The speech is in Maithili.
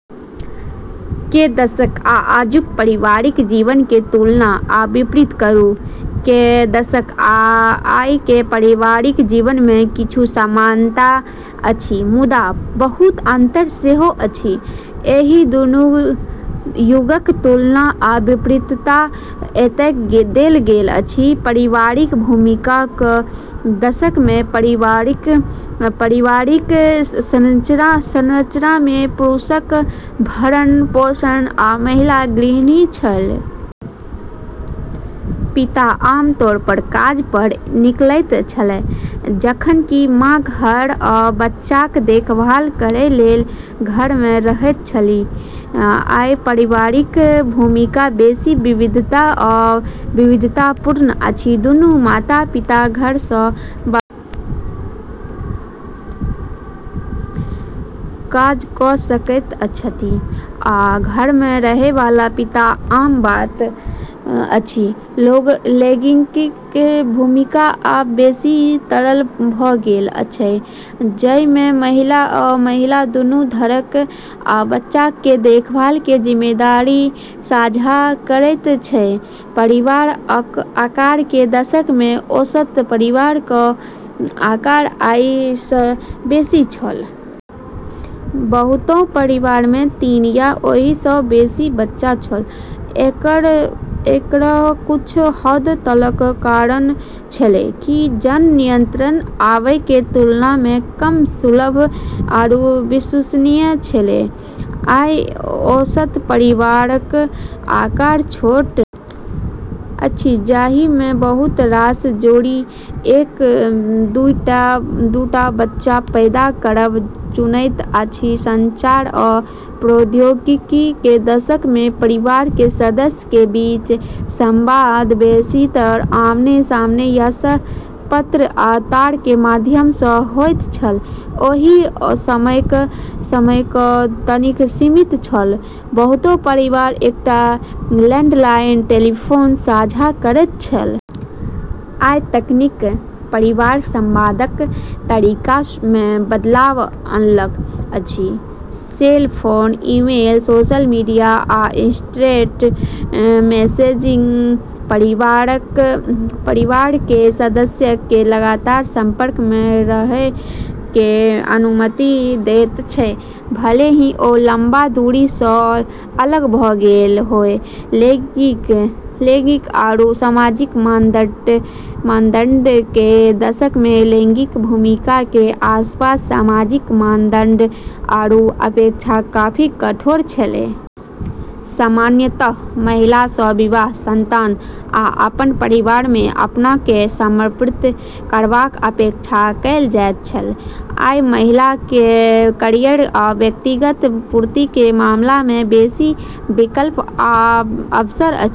के दशक आ आजुक पारिवारिक जीवन के तुलना आ विपरीत करू, के दशक आ आइ के पारिवारिक जीवन में किछु समानता अछि मुदा बहुत अंतर सेहो अछि। एहि दुनू युगक तुलना आ विपरीतता एतय देल गेल अछि, पारिवारिक भूमिका क दशक मे पारंपरिक पारिवारिक संरचना मे पुरुषक भरण-पोषण आ महिला गृहिणी छल। पिता आमतौर पर काज पर निकलैत छलाह जखन कि मां घर आ बच्चाक देखभाल करय लेल घर मे रहैत छलीह, आइ पारिवारिक भूमिका बेसी विविधता आ विविधतापूर्ण अछि। दुनू माता-पिता घर सं बाहर काज क सकैत छथि आ घर मे रहय वाला पिता आम बात अछि, लैंगिक भूमिका आब बेसि तरल भ गेल छै, जइ मे महिला आ महिला दूनू घरक आ बच्चाक कें देखभाल कें जिम्मेदारी साझा करएयत छै, परिवारक आकार क दशक मे औसत परिवार क आकार आइ स बेसी छल। बहुतो परिवार मे तीन या ओहि स बेसी बच्चा छल, एकरऽ कुछ हद तलक कारण छेलै कि जन्म नियंत्रण अबे के तुलना मे कम सुलभ आरू विश्वसनीय छेलै। आइ औसत परिवारक आकार छोट अछि जाहि मे बहुत रास जोड़ी एक-दूटा बच्चा पैदा करब चुनैत अछि, संचार आ प्रौद्योगिकी के दशक में परिवार के सदस्य के बीच संवाद बेसीतर आमने-सामने या पत्र आ तार के माध्यम सं होइत छल ओहि समयक तकनीक सीमित छल, बहुतो परिवार एकटा लैंडलाइन टेलीफोन साझा करैत छल। आइ तकनीक परिवारक संवादक तरीका मे बदलाव अनलक अछि। Cell phone, email, social media आ इंस्टेंट मैसेजिंग परिवार कें सदस्यक कें लगातार संपर्क मे रहय कें अनुमति देयत छै, भले ही ओ लंबा दूरी सं अलग भ गेल होय, लैंगिक आरू सामाजिक मानदंड के दशक मे लैंगिक भूमिका के आसपास सामाजिक मानदंड आरू अपेक्षा काफी कठोर छेलै। सामान्यतः महिला सँ विवाह, संतान आ अपन परिवार मे अपना केँ समर्पित करबाक अपेक्षा कयल जाइत छल आइ महिला कए कैरियर आ व्यक्तिगत पूर्ति क मामला मे बेसी विकल्प आ अवसर अछि।